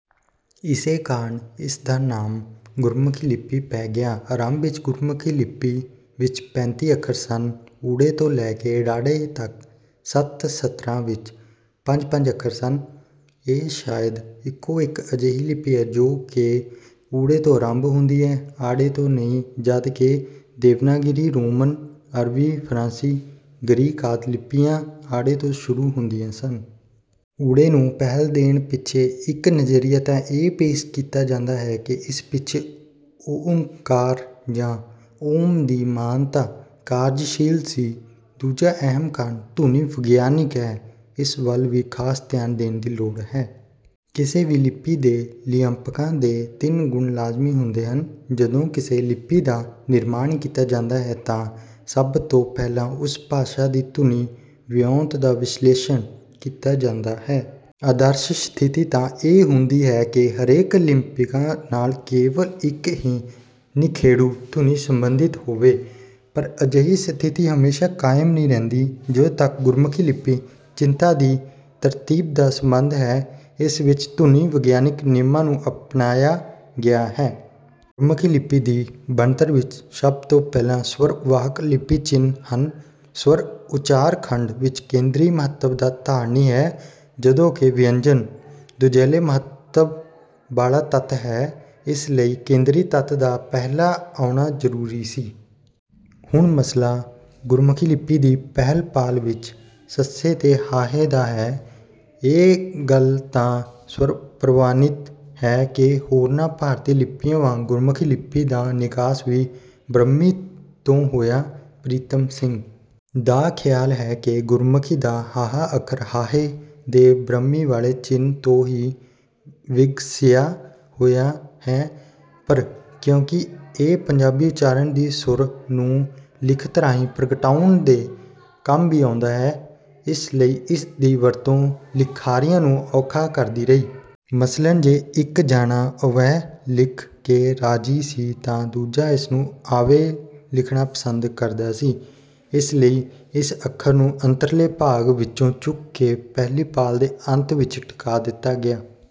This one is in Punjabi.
ਇਸੇ ਕਾਰਨ ਇਸ ਦਾ ਨਾਮ ਗੁਰਮੁਖੀ ਲਿਪੀ ਪੈ ਗਿਆ। ਅਰੰਭ ਵਿੱਚ ਗੁਰਮੁਖੀ ਲਿਪੀ ਵਿੱਚ ਪੈਂਤੀ ਅੱਖਰ ਸਨ। 'ੳ' ਤੋਂ ਲੈ ਕੇ 'ੜ' ਤੱਕ ਸੱਤ ਸਤਰਾਂ ਵਿੱਚ ਪੰਜ-ਪੰਜ ਅੱਖਰ ਸਨ। ਇਹ ਸ਼ਾਇਦ ਇੱਕੋ-ਇੱਕ ਅਜਿਹੀ ਲਿਪੀ ਹੈ, ਜੋ ਕਿ 'ੳ' ਤੋਂ ਅਰੰਭ ਹੁੰਦੀ ਹੈ 'ਅ' ਤੋਂ ਨਹੀਂ ਜਦ ਕਿ ਦੇਵਨਾਗਰੀ, ਰੋਮਨ, ਅਰਬੀ-ਫ਼ਾਰਸੀ, ਗ੍ਰੀਕ ਆਦਿ ਲਿਪੀਆਂ 'ਅ' ਤੋਂ ਸ਼ੁਰੂ ਹੁੰਦੀਆਂ ਸਨ। 'ਊੜੇ' ਨੂੰ ਪਹਿਲ ਦੇਣ ਪਿੱਛੇ ਇੱਕ ਨਜ਼ਰੀਆ ਤਾਂ ਇਹ ਪੇਸ਼ ਕੀਤਾ ਜਾਂਦਾ ਹੈ ਕਿ ਇਸ ਪਿੱਛੇ 'ਓਅੰਕਾਰ' ਜਾਂ 'ਓਮ' ਦੀ ਮਾਨਤਾ ਕਾਰਜਸ਼ੀਲ ਸੀ। ਦੂਜਾ ਅਹਿਮ ਕਾਰਨ ਧੁਨੀ-ਵਿਗਿਆਨਿਕ ਹੈ। ਇਸ ਵੱਲ ਵੀ ਖ਼ਾਸ ਧਿਆਨ ਦੇਣ ਦੀ ਲੋੜ ਹੈ। ਕਿਸੇ ਵੀ ਲਿਪੀ ਦੇ ਲਿਪਾਂਕਾਂ ਦੇ ਤਿੰਨ ਗੁਣ ਲਾਜ਼ਮੀ ਹੁੰਦੇ ਹਨ: ਜਦੋਂ ਕਿਸੇ ਲਿਪੀ ਦਾ ਨਿਰਮਾਣ ਕੀਤਾ ਜਾਂਦਾ ਹੈ ਤਾਂ ਸਭ ਤੋਂ ਪਹਿਲਾਂ ਉਸ ਭਾਸ਼ਾ ਦੀ ਧੁਨੀ ਵਿਉਂਤ ਦਾ ਵਿਸ਼ਲੇਸ਼ਣ ਕੀਤਾ ਜਾਂਦਾ ਹੈ। ਆਦਰਸ਼ ਸਥਿਤੀ ਤਾਂ ਇਹ ਹੁੰਦੀ ਹੈ ਕਿ ਹਰੇਕ ਲਿਪਾਂਕ ਨਾਲ ਕੇਵਲ ਇੱਕ ਹੀ ਨਿਖੇੜੂ ਧੁਨੀ ਸੰਬੰਧਿਤ ਹੋਵੇ, ਪਰ ਅਜਿਹੀ ਸਥਿਤੀ ਹਮੇਸ਼ਾਂ ਕਾਇਮ ਨਹੀਂ ਰਹਿੰਦੀ। ਜਿੱਥੋਂ ਤੱਕ ਗੁਰਮੁਖੀ ਲਿਪੀ ਚਿੰਨ੍ਹਾਂ ਦੀ ਤਰਤੀਬ ਦਾ ਸੰਬੰਧ ਹੈ, ਇਸ ਵਿੱਚ ਧੁਨੀ-ਵਿਗਿਆਨਿਕ ਨੇਮਾਂ ਨੂੰ ਅਪਣਾਇਆ ਗਿਆ ਹੈ। ਗੁਰਮੁਖੀ ਲਿਪੀ ਦੀ ਬਣਤਰ ਵਿੱਚ ਸਭ ਤੋਂ ਪਹਿਲਾਂ ਸ੍ਵਰ ਵਾਹਕ ਲਿਪੀ ਚਿੰਨ੍ਹ ਹਨ। ਸ੍ਵਰ ਉਚਾਰ-ਖੰਡ ਵਿੱਚ ਕੇਂਦਰੀ ਮਹੱਤਵ ਦਾ ਧਾਰਨੀ ਹੈ, ਜਦੋਂ ਕਿ ਵਿਅੰਜਨ ਦੁਜੈਲੇ ਮਹੱਤਵ ਵਾਲਾ ਤੱਤ ਹੈ। ਇਸ ਲਈ ਕੇਂਦਰੀ ਤੱਤ ਦਾ ਪਹਿਲਾਂ ਆਉਣਾ ਜ਼ਰੂਰੀ ਸੀ। ਹੁਣ ਮਸਲਾ ਗੁਰਮੁਖੀ ਲਿਪੀ ਦੀ ਪਹਿਲੀ ਪਾਲ ਵਿੱਚ 'ਸ' ਤੇ 'ਹ' ਦਾ ਹੈ। ਇਹ ਗੱਲ ਤਾਂ ਸਰਬਪ੍ਰਵਾਨਿਤ ਹੈ ਕਿ ਹੋਰਨਾਂ ਭਾਰਤੀ ਲਿਪੀਆਂ ਵਾਂਗ ਗੁਰਮੁਖੀ ਲਿਪੀ ਦਾ ਨਿਕਾਸ ਵੀ 'ਬ੍ਰਹਮੀ' ਤੋਂ ਹੋਇਆ। ਪ੍ਰੀਤਮ ਸਿੰਘ ਦਾ ਖ਼ਿਆਲ ਹੈ ਕਿ ਗੁਰਮੁਖੀ ਦਾ 'ਹ' ਅੱਖਰ 'ਹਾਹੇ' ਦੇ ਬ੍ਰਹਮੀ ਵਾਲੇ ਚਿੰਨ੍ਹ ਤੋਂ ਹੀ ਵਿਗਸਿਆ ਹੋਇਆ ਹੈ, ਪਰ ਕਿਉਂਕਿ ਇਹ ਪੰਜਾਬੀ ਉਚਾਰਨ ਦੀ ਸੁਰ ਨੂੰ ਲਿਖਤ ਰਾਹੀਂ ਪ੍ਰਗਟਾਉਣ ਦੇ ਕੰਮ ਵੀ ਆਉਂਦਾ ਹੈ, ਇਸ ਲਈ ਇਸ ਦੀ ਵਰਤੋਂ ਲਿਖਾਰੀਆਂ ਨੂੰ ਔਖਾ ਕਰਦੀ ਰਹੀ। ਮਸਲਨ ਜੇ ਇੱਕ ਜਾਣਾ 'ਅਵਹਿ' ਲਿਖ ਕੇ ਰਾਜ਼ੀ ਸੀ, ਤਾਂ ਦੂਜਾ ਇਸ ਨੂੰ 'ਆਵੈ' ਲਿਖਣਾ ਪਸੰਦ ਕਰਦਾ ਸੀ। ਇਸ ਲਈ ਇਸ ਅੱਖਰ ਨੂੰ ਅੰਤਰਲੇ ਭਾਗ ਵਿੱਚੋਂ ਚੁੱਕ ਕੇ ਪਹਿਲੀ ਪਾਲ ਦੇ ਅੰਤ ਵਿੱਚ ਟਿਕਾ ਦਿੱਤਾ ਗਿਆ।